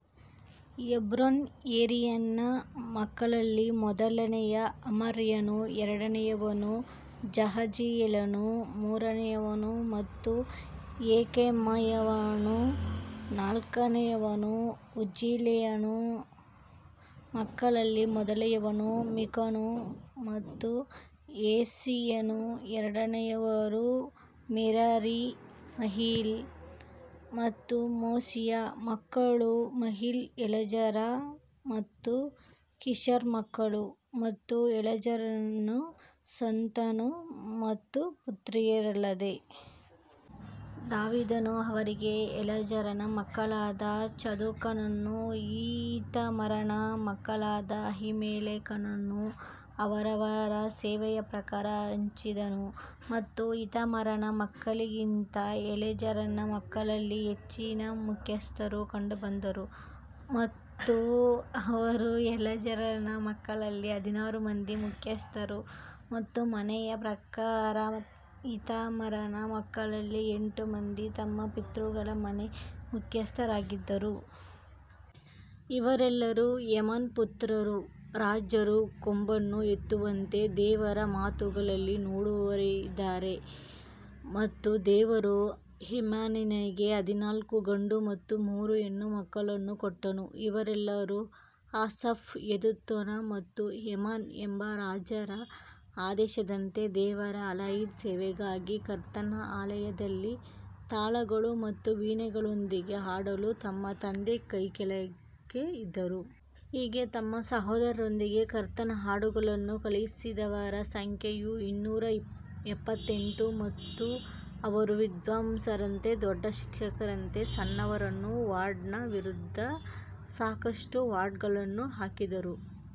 ಹೆಬ್ರೋನ ಯೆರೀಯನ ಮಕ್ಕಳಲ್ಲಿ ಮೊದಲನೆಯ ಅಮರ್ಯಾನು ಎರಡನೆಯವನು ಜಹಜಿಯೇಲನು ಮೂರನೆಯವನು ಮತ್ತು ಯೆಕಮೆಯಾಮನು ನಾಲ್ಕನೆಯವನು ಉಜ್ಜೀಯೇಲನ ಮಕ್ಕಳಲ್ಲಿ ಮೊದಲನೆಯವನು ಮಿಕನು ಮತ್ತು ಯೆಸೀಯನು ಎರಡನೆಯವನು ಮೆರಾರಿ ಮಹ್ಲಿ ಮತ್ತು ಮೂಷಿಯ ಮಕ್ಕಳು ಮಹ್ಲಿ ಎಲ್ಲಾಜಾರ ಮತ್ತು ಕೀಷರ ಮಕ್ಕಳು ಮತ್ತು ಎಲ್ಲಾಜಾರನು ಸತ್ತನು ಮತ್ತು ಪುತ್ರಿಯರಲ್ಲದೆ ದಾವೀದನು ಅವರಿಗೆ ಎಲ್ಲಾಜಾರನ ಮಕ್ಕಳಾದ ಚಾದೋಕನನ್ನೂ ಈತಾಮಾರನ ಮಕ್ಕಳಾದ ಅಹೀಮೆಲೆಕನನ್ನೂ ಅವರವರ ಸೇವೆಯ ಪ್ರಕಾರ ಹಂಚಿದನು. ಮತ್ತು ಈತಾಮಾರನ ಮಕ್ಕಳಿಗಿಂತ ಎಲೆಯಾಜರನ ಮಕ್ಕಳಲ್ಲಿ ಹೆಚ್ಚಿನ ಮುಖ್ಯಸ್ಥರು ಕಂಡುಬಂದರು ಮತ್ತು ಅವರು ಎಲ್ಲಾಜಾರನ ಮಕ್ಕಳಲ್ಲಿ ಹದಿನಾರು ಮಂದಿ ಮುಖ್ಯಸ್ಥರು ಮತ್ತು ಮನೆಯ ಪ್ರಕಾರ ಈತಾಮಾರನ ಮಕ್ಕಳಲ್ಲಿ ಎಂಟು ಮಂದಿ ತಮ್ಮ ಪಿತೃಗಳ ಮನೆಯ ಮುಖ್ಯಸ್ಥರಾಗಿದ್ದರು. ಇವರೆಲ್ಲರೂ ಹೇಮನ ಪುತ್ರರು, ರಾಜರು ಕೊಂಬನ್ನು ಎತ್ತುವಂತೆ ದೇವರ ಮಾತುಗಳಲ್ಲಿ ನೋಡುವವರಾಗಿದ್ದರು ಮತ್ತು ದೇವರು ಹೇಮಾನನಿಗೆ ಹದಿನಾಲ್ಕು ಗಂಡು ಮತ್ತು ಮೂರು ಹೆಣ್ಣು ಮಕ್ಕಳನ್ನು ಕೊಟ್ಟನು. ಇವರೆಲ್ಲರೂ ಆಸಾಫ್ ಯೆದುತೂನ್ ಮತ್ತು ಹೇಮಾನ್ ಎಂಬ ರಾಜರ ಆದೇಶದಂತೆ ದೇವರ ಆಲಯದ ಸೇವೆಗಾಗಿ ಕರ್ತನ ಆಲಯದಲ್ಲಿ ತಾಳಗಳು ಮತ್ತು ವೀಣೆಗಳೊಂದಿಗೆ ಹಾಡಲು ತಮ್ಮ ತಂದೆಯ ಕೈಕೆಳಗೆ ಇದ್ದರು. ಹೀಗೆ ತಮ್ಮ ಸಹೋದರರೊಂದಿಗೆ ಕರ್ತನ ಹಾಡುಗಳನ್ನು ಕಲಿಸಿದವರ ಸಂಖ್ಯೆಯು ಇನ್ನೂರ ಎಪ್ಪತ್ತೆಂಟು. ಮತ್ತು ಅವರು ವಿದ್ವಾಂಸರಂತೆ ದೊಡ್ಡ ಶಿಕ್ಷಕರಂತೆ ಸಣ್ಣವರನ್ನೂ ವಾರ್ಡ್ನ ವಿರುದ್ಧ ಸಾಕಷ್ಟು ವಾರ್ಡ್ಗಳನ್ನು ಹಾಕಿದರು.